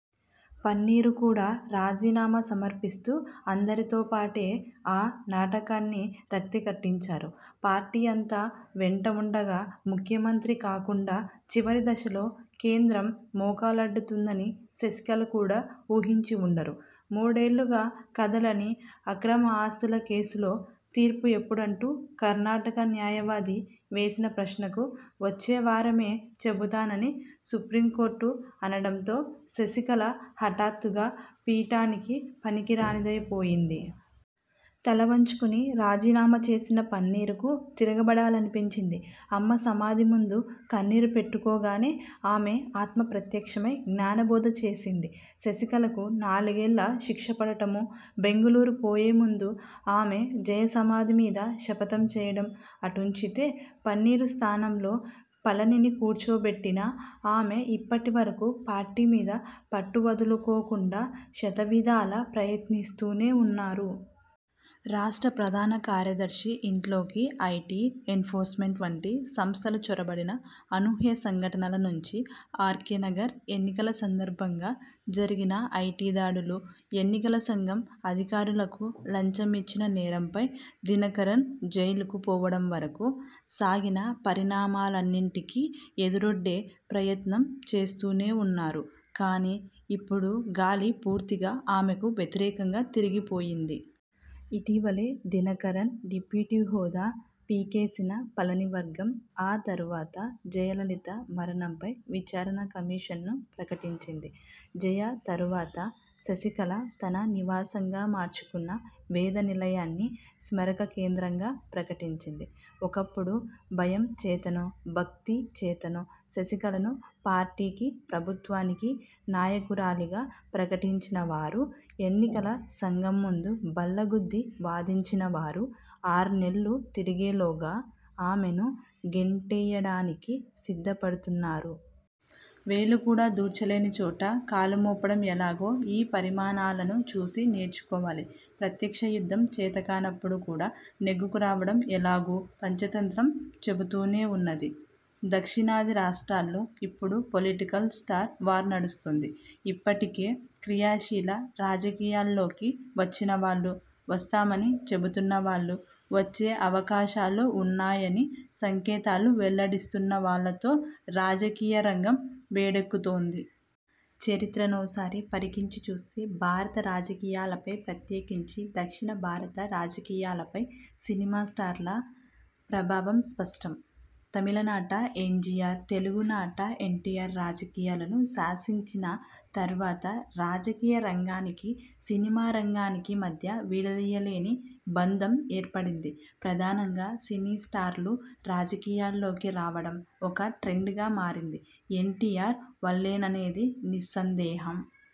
పన్నీరు కూడా రాజీనామా సమర్పిస్తూ అందరితోపాటే ఆ నాటకాన్ని రక్తికట్టించారు. పార్టీ అంతా వెంట ఉండగా ముఖ్యమంత్రి కాకుండా చివరిదశలో కేంద్రం మోకాలడ్డుతుందని శశికళ కూడా ఊహించి వుండరు. మూడేళ్ళుగా కదలని అక్రమ ఆస్తుల కేసులో తీర్పు ఎప్పుడంటూ కర్ణాటక న్యాయవాది వేసిన ప్రశ్నకు వచ్చేవారమే చెబుతానని సుప్రీంకోర్టు అనడంతో శశికళ హఠాత్తుగా పీఠానికి పనికిరానిదైపోయింది. తలవంచుకొని రాజీనామా చేసిన పన్నీరుకు తిరగబడాలనిపించింది. అమ్మసమాధిముందు కన్నీరు పెట్టుకోగానే ఆమె ఆత్మ ప్రత్యక్షమై జ్ఞానబోధ చేసింది. శశికళకు నాలుగేళ్ళ శిక్షపడటమూ, బెంగుళూరు పోయేముందు ఆమె జయ సమాధిమీద శపథం చేయడం అటుంచితే, పన్నీరు స్థానంలో పళనిని కూర్చోబెట్టిన ఆమె ఇప్పటివరకూ పార్టీమీద పట్టువదులుకోకుండా శతవిధాల ప్రయత్నిస్తూనే ఉన్నారు. రాష్ట్ర ప్రధానకార్యదర్శి ఇంట్లోకి ఐటీ, ఎన్ఫోర్స్మెంట్ వంటి సంస్థలు చొరబడిన అనూహ్య సంఘటనల నుంచి, ఆర్కేనగర్ ఎన్నికల సందర్భంగా జరిగిన ఐటీదాడులు, ఎన్నికల సంఘం అధికారులకు లంచం ఇచ్చిన నేరంపై దినకరన్ జైలుకు పోవడంవరకూ సాగిన పరిణామాలన్నింటికీ ఎదురొడ్డే ప్రయత్నం చేస్తూనేఉన్నారు. కానీ, ఇప్పుడు గాలి పూర్తిగా ఆమెకు వ్యతిరేకంగా తిరిగిపోయింది. ఇటీవలే దినకరన్ డిప్యూటీ హోదా పీకేసిన పళనివర్గం ఆ తరువాత జయలలిత మరణంపై విచారణ కమిషన్ను ప్రకటించింది. జయ తరువాత శశికళ తన నివాసంగా మార్చుకున్న వేదనిలయాన్ని స్మారకకేంద్రంగా ప్రకటించింది. ఒకప్పుడు భయం చేతనో, భక్తిచేతనో శశికళను పార్టీకీ, ప్రభుత్వానికీ నాయకురాలిగా ప్రకటించినవారూ, ఎన్నికల సంఘం ముందు బల్లగుద్ది వాదించినవారూ ఆర్నెల్లు తిరిగేలోగా ఆమెను గెంటేయడానికి సిద్ధపడుతున్నారు. వేలు కూడా దూర్చలేని చోట కాలుమోపడం ఎలాగో ఈ పరిణామాలను చూసి నేర్చుకోవాలి. ప్రత్యక్షయుద్ధం చేతకానప్పుడు కూడా నెగ్గుకురావడం ఎలాగూ పంచతంత్రం చెబుతూనే ఉన్నది. దక్షిణాది రాష్ట్రాల్లో ఇప్పుడు పొలిటికల్ 'స్టార్' వార్నడుస్తోంది. ఇప్పటికే క్రియాశీల రాజకీయాల్లోకి వచ్చినవాళ్లు, వస్తామని చెబుతున్నవాళ్లు, వచ్చే అవకాశాలుఉన్నాయని సంకేతాలు వెల్లడిస్తున్నవాళ్లతో రాజకీయ రంగం వేడెక్కుతోంది. చరిత్రనోసారి పరికించి చూస్తే భారత రాజకీయాలపై ప్రత్యేకించి దక్షిణ భారత రాజకీయాలపై సినిమా స్టార్ల ప్రభావం స్పష్టం. తమిళనాట ఎంజీఆర్, తెలుగునాట ఎన్టీఆర్ రాజకీయాలను శాసించిన తర్వాత రాజకీయ రంగానికీ, సినిమా రంగానికీ మధ్య విడదీయలేని బంధం ఏర్పడింది. ప్రధానంగా సినీ స్టార్లు రాజకీయాల్లోకి రావడం ఒక ట్రెండుగా మారింది ఎన్టీఆర్ వల్లేననేది నిస్సందేహం.